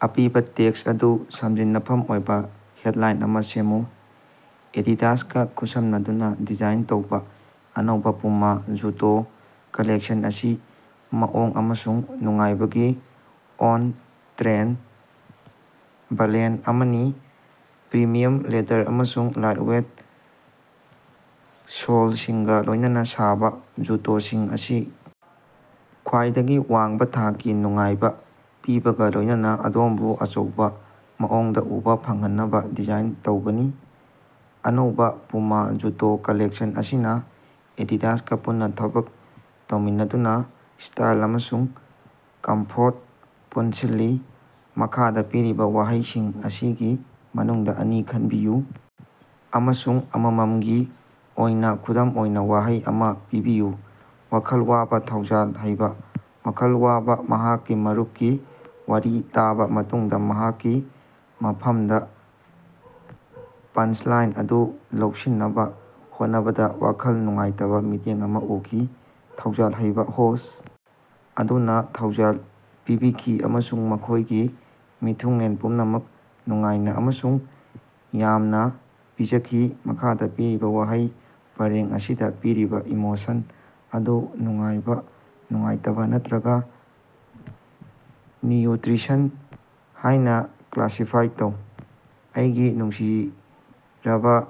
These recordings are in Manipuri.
ꯑꯄꯤꯕ ꯇꯦꯛꯁ ꯑꯗꯨ ꯁꯝꯖꯤꯟꯅꯐꯝ ꯑꯣꯏꯕ ꯍꯦꯠꯂꯥꯏꯟ ꯑꯃ ꯁꯦꯝꯃꯨ꯫ ꯑꯦꯗꯤꯗꯥꯁꯀ ꯈꯨꯠꯁꯝꯅꯗꯨꯅ ꯗꯤꯖꯥꯏꯟ ꯇꯧꯕ ꯑꯅꯧ ꯄꯨꯃ ꯖꯨꯇꯣ ꯀꯂꯦꯛꯁꯟ ꯑꯁꯤ ꯃꯑꯣꯡ ꯑꯃꯁꯨꯡ ꯅꯨꯡꯉꯥꯏꯕꯒꯤ ꯑꯣꯟ ꯇꯔꯦꯟ ꯕꯂꯦꯟ ꯑꯃꯅꯤ꯫ ꯄꯔꯤꯃꯤꯌꯥꯝ ꯂꯦꯗꯔ ꯑꯃꯁꯨꯡ ꯂꯥꯏꯠꯋꯦꯠ ꯁꯣꯜꯁꯤꯡꯒ ꯂꯣꯏꯅꯅ ꯁꯥꯕ ꯖꯨꯇꯣꯁꯤꯡ ꯑꯁꯤ ꯈ꯭ꯋꯥꯏꯗꯒꯤ ꯋꯥꯡꯕ ꯊꯥꯛꯀꯤ ꯅꯨꯡꯉꯥꯏꯕ ꯄꯤꯕꯒ ꯂꯣꯌꯅꯅ ꯑꯗꯣꯝꯕꯨ ꯑꯆꯧꯕ ꯃꯑꯣꯡꯗ ꯎꯕ ꯐꯪꯍꯟꯅꯕ ꯗꯤꯖꯥꯏꯟ ꯇꯧꯕꯅꯤ꯫ ꯑꯅꯧꯕ ꯄꯨꯃ ꯖꯨꯇꯣ ꯀꯂꯦꯛꯁꯟ ꯑꯁꯤꯅ ꯑꯦꯗꯤꯗꯥꯁꯀ ꯄꯨꯟꯅ ꯊꯕꯛ ꯇꯧꯃꯤꯟꯅꯗꯨꯅ ꯁ꯭ꯇꯥꯏꯜ ꯑꯃꯁꯨꯡ ꯀꯝꯐꯣꯔꯠ ꯄꯨꯟꯁꯤꯜꯂꯤ꯫ ꯃꯈꯥꯗ ꯄꯤꯔꯤꯕ ꯋꯥꯍꯩꯁꯤꯡ ꯑꯁꯤꯒꯤ ꯃꯅꯨꯡꯗ ꯑꯅꯤ ꯈꯟꯕꯤꯌꯨ ꯑꯃꯁꯨꯡ ꯑꯃꯝꯃꯝꯒꯤ ꯑꯣꯏꯅ ꯈꯨꯗꯝ ꯑꯣꯏꯅ ꯋꯥꯍꯩ ꯑꯃ ꯄꯤꯕꯤꯌꯨ꯫ ꯋꯥꯈꯜ ꯋꯥꯕ ꯊꯧꯖꯥꯜ ꯍꯩꯕ꯫ ꯋꯥꯈꯜ ꯋꯥꯕ ꯃꯍꯥꯛꯀꯤ ꯃꯔꯨꯄꯀꯤ ꯋꯥꯔꯤ ꯇꯥꯕ ꯃꯇꯨꯡꯗ ꯃꯍꯥꯛꯀꯤ ꯃꯐꯃꯗ ꯄꯟꯁꯂꯥꯏꯟ ꯑꯗꯨ ꯂꯧꯁꯤꯟꯅꯕ ꯍꯣꯠꯅꯕꯗ ꯋꯥꯈꯜ ꯅꯨꯡꯉꯥꯏꯇꯕ ꯃꯤꯠꯌꯦꯡ ꯑꯃ ꯎꯈꯤ꯫ ꯊꯧꯖꯥꯜ ꯍꯩꯕ ꯍꯣꯁ ꯑꯗꯨꯅ ꯊꯧꯖꯥꯜ ꯄꯤꯕꯤꯈꯤ ꯑꯃꯁꯨꯡ ꯃꯈꯣꯏꯒꯤ ꯃꯤꯊꯨꯡꯂꯦꯟ ꯄꯨꯝꯅꯃꯛ ꯅꯨꯡꯉꯥꯏꯅ ꯑꯃꯁꯨꯡ ꯌꯥꯝꯅ ꯄꯤꯖꯈꯤ꯫ ꯃꯈꯥꯗ ꯄꯤꯔꯤꯕ ꯋꯥꯍꯩ ꯄꯔꯦꯡ ꯑꯁꯤꯗ ꯄꯤꯔꯤꯕ ꯏꯃꯣꯁꯟ ꯑꯗꯨ ꯅꯨꯡꯉꯥꯏꯕ ꯅꯨꯡꯉꯥꯏꯇꯕ ꯅꯠꯇ꯭ꯔꯒꯥ ꯅꯤꯌꯨꯇꯔꯤꯁꯟ ꯍꯥꯏꯅ ꯀꯂꯥꯁꯤꯐꯥꯏ ꯇꯧ꯫ ꯑꯩꯒꯤ ꯅꯨꯡꯁꯤꯔꯕ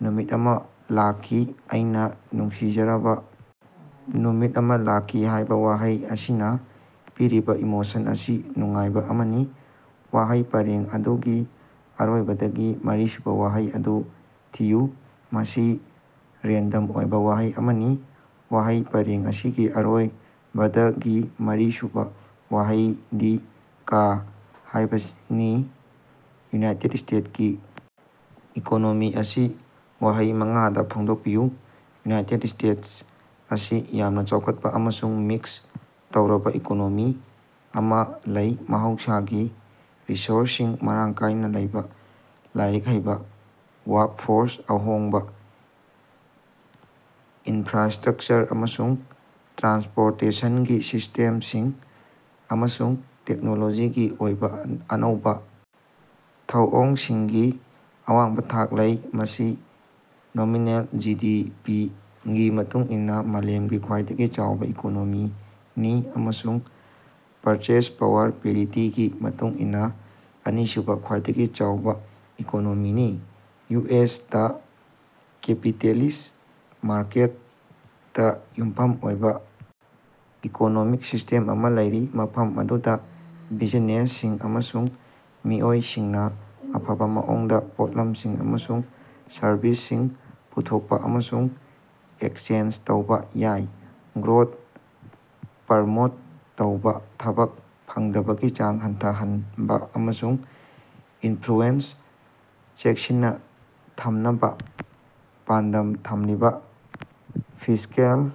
ꯅꯨꯃꯤꯠ ꯑꯃ ꯂꯥꯛꯈꯤ꯫ ꯑꯩꯅ ꯅꯨꯡꯁꯤꯖꯔꯕ ꯅꯨꯃꯤꯠ ꯑꯃ ꯂꯥꯛꯈꯤ ꯍꯥꯏꯕ ꯋꯥꯍꯩ ꯑꯁꯤꯅ ꯄꯤꯔꯤꯕ ꯏꯃꯣꯁꯟ ꯑꯁꯤ ꯅꯨꯡꯉꯥꯏꯕ ꯑꯃꯅꯤ꯫ ꯋꯥꯍꯩ ꯄꯔꯦꯡ ꯑꯗꯨꯒꯤ ꯑꯔꯣꯏꯕꯗꯒꯤ ꯃꯔꯤꯁꯨꯕ ꯋꯥꯍꯩ ꯑꯗꯨ ꯊꯤꯌꯨ꯫ ꯃꯁꯤ ꯔꯦꯟꯗꯝ ꯑꯣꯏꯕ ꯋꯥꯍꯩ ꯑꯃꯅꯤ꯫ ꯋꯥꯍꯩ ꯄꯔꯦꯡ ꯑꯁꯤꯒꯤ ꯑꯔꯣꯏꯕꯗꯒꯤ ꯃꯔꯤꯁꯨꯕꯥ ꯋꯥꯍꯩꯗꯤ ꯀ"ꯍꯥꯏꯕꯅꯤ꯫ ꯌꯨꯅꯥꯏꯇꯦꯠ ꯁ꯭ꯇꯦꯠꯁꯀꯤ ꯏꯀꯣꯅꯣꯃꯤ ꯑꯁꯤ ꯋꯥꯍꯩ ꯃꯉꯥꯗ ꯐꯣꯡꯗꯣꯛꯄꯤꯌꯨ꯫ ꯌꯨꯅꯥꯏꯇꯦꯠ ꯁ꯭ꯇꯦꯠꯁ ꯑꯁꯤ ꯌꯥꯝꯅ ꯆꯥꯎꯈꯠꯄ ꯑꯃꯁꯨꯡ ꯃꯤꯛꯁ ꯇꯧꯔꯕ ꯏꯀꯣꯅꯣꯃꯤ ꯑꯃ ꯂꯩ ꯃꯍꯧꯁꯥꯒꯤ ꯔꯤꯁꯣꯔꯁꯁꯤꯡ ꯃꯔꯥꯡ ꯀꯥꯌꯅ ꯂꯩꯕ ꯂꯥꯏꯔꯤꯛ ꯍꯩꯕ ꯋꯥꯔꯛꯐꯣꯔꯁ ꯑꯍꯣꯡꯕ ꯏꯟꯐ꯭ꯔꯥꯟꯁꯇꯔꯛꯆꯔ ꯑꯃꯁꯨꯡ ꯇ꯭ꯔꯥꯟꯁꯄꯣꯔꯇꯦꯁꯟꯒꯤ ꯁꯤꯁꯇꯦꯝꯁꯤꯡ ꯑꯃꯁꯨꯡ ꯇꯦꯛꯅꯣꯂꯣꯖꯤꯒꯤ ꯑꯣꯏꯕ ꯑꯅꯧꯕ ꯊꯧꯑꯣꯡꯁꯤꯡꯒꯤ ꯑꯋꯥꯡꯕ ꯊꯥꯛ ꯂꯩ꯫ ꯃꯁꯤ ꯅꯣꯃꯤꯅꯦꯜ ꯖꯤ ꯗꯤ ꯄꯤ ꯒꯤ ꯃꯇꯨꯡ ꯏꯟꯅ ꯃꯥꯂꯦꯝꯒꯤ ꯈ꯭ꯋꯥꯏꯗꯒꯤ ꯆꯥꯎꯕ ꯏꯀꯣꯅꯣꯃꯤꯅꯤ ꯑꯃꯁꯨꯡ ꯄꯔꯆꯦꯖ ꯄꯥꯋꯔ ꯄꯦꯔꯤꯇꯤꯒꯤ ꯃꯇꯨꯡ ꯏꯟꯅ ꯑꯅꯤꯁꯨꯕ ꯈ꯭ꯋꯥꯏꯗꯒꯤ ꯆꯥꯎꯕ ꯏꯀꯣꯅꯣꯃꯤꯅꯤ꯫ ꯌꯨ ꯑꯦꯁ ꯇꯥ ꯀꯦꯄꯤꯇꯦꯂꯤꯁ ꯃꯥꯔꯀꯦꯠꯇ ꯌꯨꯝꯐꯝ ꯑꯣꯏꯕ ꯏꯀꯣꯅꯣꯃꯤꯛ ꯁꯤꯁꯇꯦꯝ ꯑꯃ ꯂꯩꯔꯤ ꯃꯐꯝ ꯑꯗꯨꯗ ꯕꯤꯖꯤꯅꯦꯁꯁꯤꯡ ꯑꯃꯁꯨꯡ ꯃꯤꯑꯣꯏꯁꯤꯡꯅ ꯑꯐꯕ ꯃꯑꯣꯡꯗ ꯄꯣꯠꯂꯝꯁꯤꯡ ꯑꯃꯁꯨꯡ ꯁꯔꯕꯤꯁꯁꯤꯡ ꯄꯨꯊꯣꯛꯄ ꯑꯃꯁꯨꯡ ꯑꯦꯛꯆꯦꯟꯁ ꯇꯧꯕ ꯌꯥꯏ꯫ ꯒ꯭ꯔꯣꯠ ꯄꯔꯃꯣꯠ ꯇꯧꯕ ꯊꯕꯛ ꯐꯪꯗꯕꯒꯤ ꯆꯥꯡ ꯍꯟꯊꯍꯟꯕ ꯑꯃꯁꯨꯡ ꯏꯟꯐ꯭ꯂꯨꯌꯦꯟꯁ ꯆꯦꯛꯁꯤꯟꯅ ꯊꯝꯅꯕ ꯄꯥꯟꯗꯝ ꯊꯝꯂꯤꯕ ꯐꯤꯁ꯭ꯀꯦꯜ